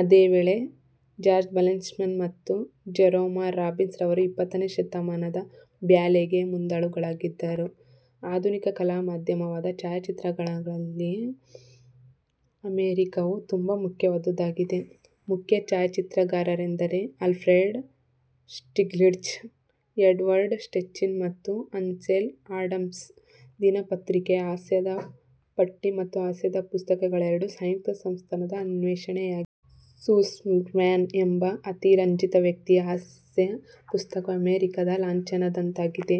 ಅದೇ ವೇಳೆ George Balanchine ಮತ್ತು ಜೆರೋಮ್ ರಾಬಿನ್ಸ್ ರವರು ಇಪ್ಪತ್ತನೇ ಶತಮಾನದ ಬ್ಯಾಲೆಗೆ ಮುಂದಾಳುಗಳಾಗಿದ್ದರು. ಆಧುನಿಕ ಕಲಾ ಮಾಧ್ಯಮವಾದ ಛಾಯಾಚಿತ್ರಗ್ರಹಣ ದಲ್ಲಿ ಅಮೆರಿಕವು ತುಂಬ ಮುಖ್ಯವಾದುದಾಗಿದೆ. ಮುಖ್ಯ ಛಾಯಾಚಿತ್ರಗಾರರೆಂದರೆ ಆಲ್ಫ್ರೆಡ್ ಸ್ಟಿಗ್ಲಿಟ್ಝ್, ಎಡ್ವರ್ಡ್ ಸ್ಟೆಚಿನ್ ಮತ್ತು ಅನ್ಸೆಲ್ ಆಡಮ್ಸ್. ದಿನಪತ್ರಿಕೆಯ ಹಾಸ್ಯದ ಪಟ್ಟಿ ಮತ್ತು ಹಾಸ್ಯದ ಪುಸ್ತಕ ಗಳೆರಡೂ ಸಂಯುಕ್ತ ಸಂಸ್ಥಾನದ ಅನ್ವೇಷಣೆಯಾಗಿದೆ. ಸೂಪರ್ಮ್ಯಾನ್ ಎಂಬ ಅತಿರಂಜಿತ ವ್ಯಕ್ತಿ ಯ ಹಾಸ್ಯ ಪುಸ್ತಕವು ಅಮೆರಿಕದ ಲಾಂಛನದಂತಾಗಿದೆ.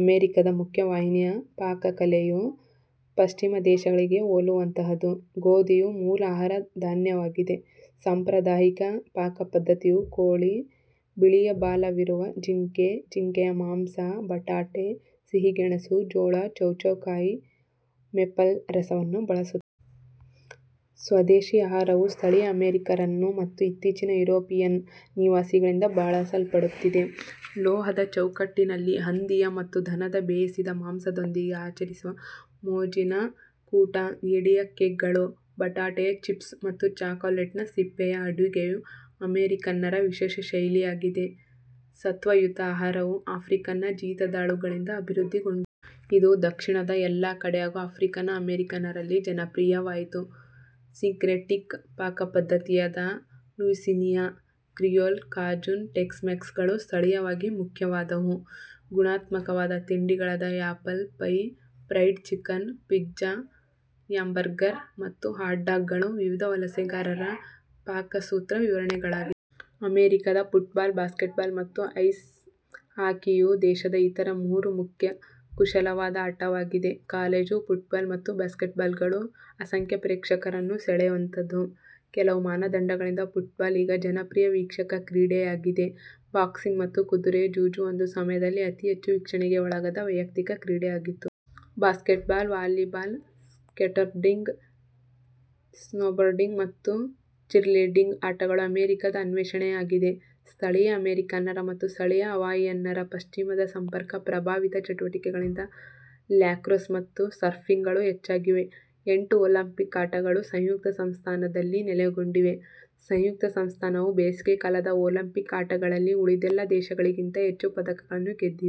ಅಮೆರಿಕದ ಮುಖ್ಯವಾಹಿನಿಯ ಪಾಕಕಲೆ ಯು ಪಶ್ಚಿಮ ದೇಶಗಳಿಗೆ ಹೋಲುವಂತಹುದು. ಗೋಧಿ ಯು ಮೂಲ ಆಹಾರ ಧಾನ್ಯವಾಗಿದೆ. ಸಾಂಪ್ರದಾಯಿಕ ಪಾಕಪದ್ಧತಿಯು ಕೋಳಿ, ಬಿಳಿಯಬಾಲವಿರುವ ಜಿಂಕೆ, ಜಿಂಕೆಯ ಮಾಂಸ, ಬಟಾಟೆ, ಸಿಹಿ ಗೆಣಸು, ಜೋಳ, ಚೌ ಚೌ ಕಾಯಿ, ಮೇಪಲ್ ರಸ ವನ್ನು ಬಳಸುತ್ತದೆ. ಸ್ವದೇಶೀ ಆಹಾರವು ಸ್ಥಳೀಯ ಅಮೆರಿಕನ್ನರು ಮತ್ತು ಇತ್ತೀಚಿನ ಯುರೋಪಿಯನ್ ನಿವಾಸಿಗಳಿಂದ ಬಳಸಲ್ಪಡುತ್ತಿದೆ. ಲೋಹದ ಚೌಕಟ್ಟಿನಲ್ಲಿ ಹಂದಿಯ ಮತ್ತು ದನದ ಬೇಯಿಸಿದ ಮಾಂಸದೊಂದಿಗೆ ಆಚರಿಸುವ ಮೋಜಿನ ಕೂಟ, ಏಡಿಯ ಕೇಕ್ ಗಳು, ಬಟಾಟೆಯ ಚಿಪ್ಸ್ ಮತ್ತು ಚಾಕೊಲೇಟ್ನ ಸಿಪ್ಪೆಯ ಅಡಿಗೆಯು ಅಮೆರಿಕನ್ನರ ವಿಶೇಷ ಶೈಲಿಯಾಗಿದೆ. ಸತ್ವಯುತ ಆಹಾರ ವು ಆಫ್ರಿಕನ್ ಜೀತದಾಳುಗಳಿಂದ ಅಭಿವೃದ್ಧಿಗೊಂಡಿತು. ಇದು ದಕ್ಷಿಣದ ಎಲ್ಲ ಕಡೆ ಹಾಗೂ ಆಫ್ರಿಕನ್ ಅಮೆರಿಕನ್ನರಲ್ಲಿ ಜನಪ್ರಿಯವಾಯಿತು. ಸಿಂಕ್ರೆಟಿಕ್ ಪಾಕಪದ್ಧತಿಯಾದ ಲುಯಿಸೀನಿಯಾ ಕ್ರಿಯೋಲ್, ಕಾಜುನ್, ಟೆಕ್ಸ್-ಮ್ಯಾಕ್ಸ್ ಗಳು ಸ್ಥಳೀಯವಾಗಿ ಮುಖ್ಯವಾದವು. ಗುಣಾತ್ಮಕವಾದ ತಿಂಡಿಗಳಾದ apple pie, fried chicken, pizza, hamburger ಮತ್ತು ಹಾಟ್ ಡಾಗ್ ಗಳು ವಿವಿಧ ವಲಸೆಗಾರರ ಪಾಕಸೂತ್ತ್ರ ವಿವರಣೆಗಳಾಗಿವೆ. ಅಮೆರಿಕದ ಫುಟ್ಬಾಲ್, ಬಾಸ್ಕೆಟ್ಬಾಲ್ ಮತ್ತು ಐಸ್ ಹಾಕಿ ಯು ದೇಶದ ಇತರ ಮೂರು ಮುಖ್ಯ ಕುಶಲವಾದ ಆಟವಾಗಿದೆ. ಕಾಲೇಜು ಫುಟ್ಬಾಲ್ ಮತ್ತು ಬಾಸ್ಕೆಟ್ಬಾಲ್ಗಳು ಅಸಂಖ್ಯ ಪ್ರೇಕ್ಷಕರನ್ನು ಸೆಳೆಯುವಂಥದು. ಕೆಲವು ಮಾನದಂಡಗಳಿಂದ ಫುಟ್ಬಾಲ್ ಈಗ ಜನಪ್ರಿಯ ವೀಕ್ಷಕ ಕ್ರೀಡೆ ಯಾಗಿದೆ. ಬಾಕ್ಸಿಂಗ್ ಮತ್ತು ಕುದುರೆ ಜೂಜು ಒಂದು ಸಮಯದಲ್ಲಿ ಅತೀಹೆಚ್ಚು ವೀಕ್ಷಣೆಗೆ ಒಳಗಾದ ವೈಯಕ್ತಿಕ ಕ್ರೀಡೆಯಾಗಿತ್ತು. ಬಾಸ್ಕೆಟ್ಬಾಲ್, ವಾಲಿಬಾಲ್, ಸ್ಕೇಟ್ಬೋರ್ಡಿಂಗ್, ಸ್ನೋಬೋರ್ಡಿಂಗ್ ಮತ್ತು ಚೀರ್ಲೀಡಿಂಗ್ ಆಟಗಳು ಅಮೆರಿಕದ ಅನ್ವೇಷಣೆಯಾಗಿದೆ. ಸ್ಥಳೀಯ ಅಮೆರಿಕನ್ನರ ಮತ್ತು ಸ್ಥಳೀಯ ಹವಾಯಿಯನ್ನರ ಪಶ್ಚಿಮದ ಸಂಪರ್ಕ ಪ್ರಭಾವಿತ ಚಟುವಟಿಕೆಗಳಿಂದ ಲ್ಯಾಕ್ರೋಸ್ ಮತ್ತು ಸರ್ಫಿಂಗ್ ಗಳು ಹೆಚ್ಚಾಗಿವೆ. ಎಂಟು ಓಲಂಪಿಕ್ ಆಟಗಳು ಸಂಯುಕ್ತ ಸಂಸ್ಥಾನದಲ್ಲಿ ನೆಲೆಗೊಂಡಿವೆ. ಸಂಯುಕ್ತ ಸಂಸ್ಥಾನವು ಬೇಸಿಗೆಕಾಲದ ಓಲಂಪಿಕ್ ಆಟ ಗಳಲ್ಲಿ ಉಳಿದೆಲ್ಲ ದೇಶಗಳಿಗಿಂತ ಹೆಚ್ಚು, ಪದಕಗಳನ್ನು ಗೆದ್ದಿವೆ.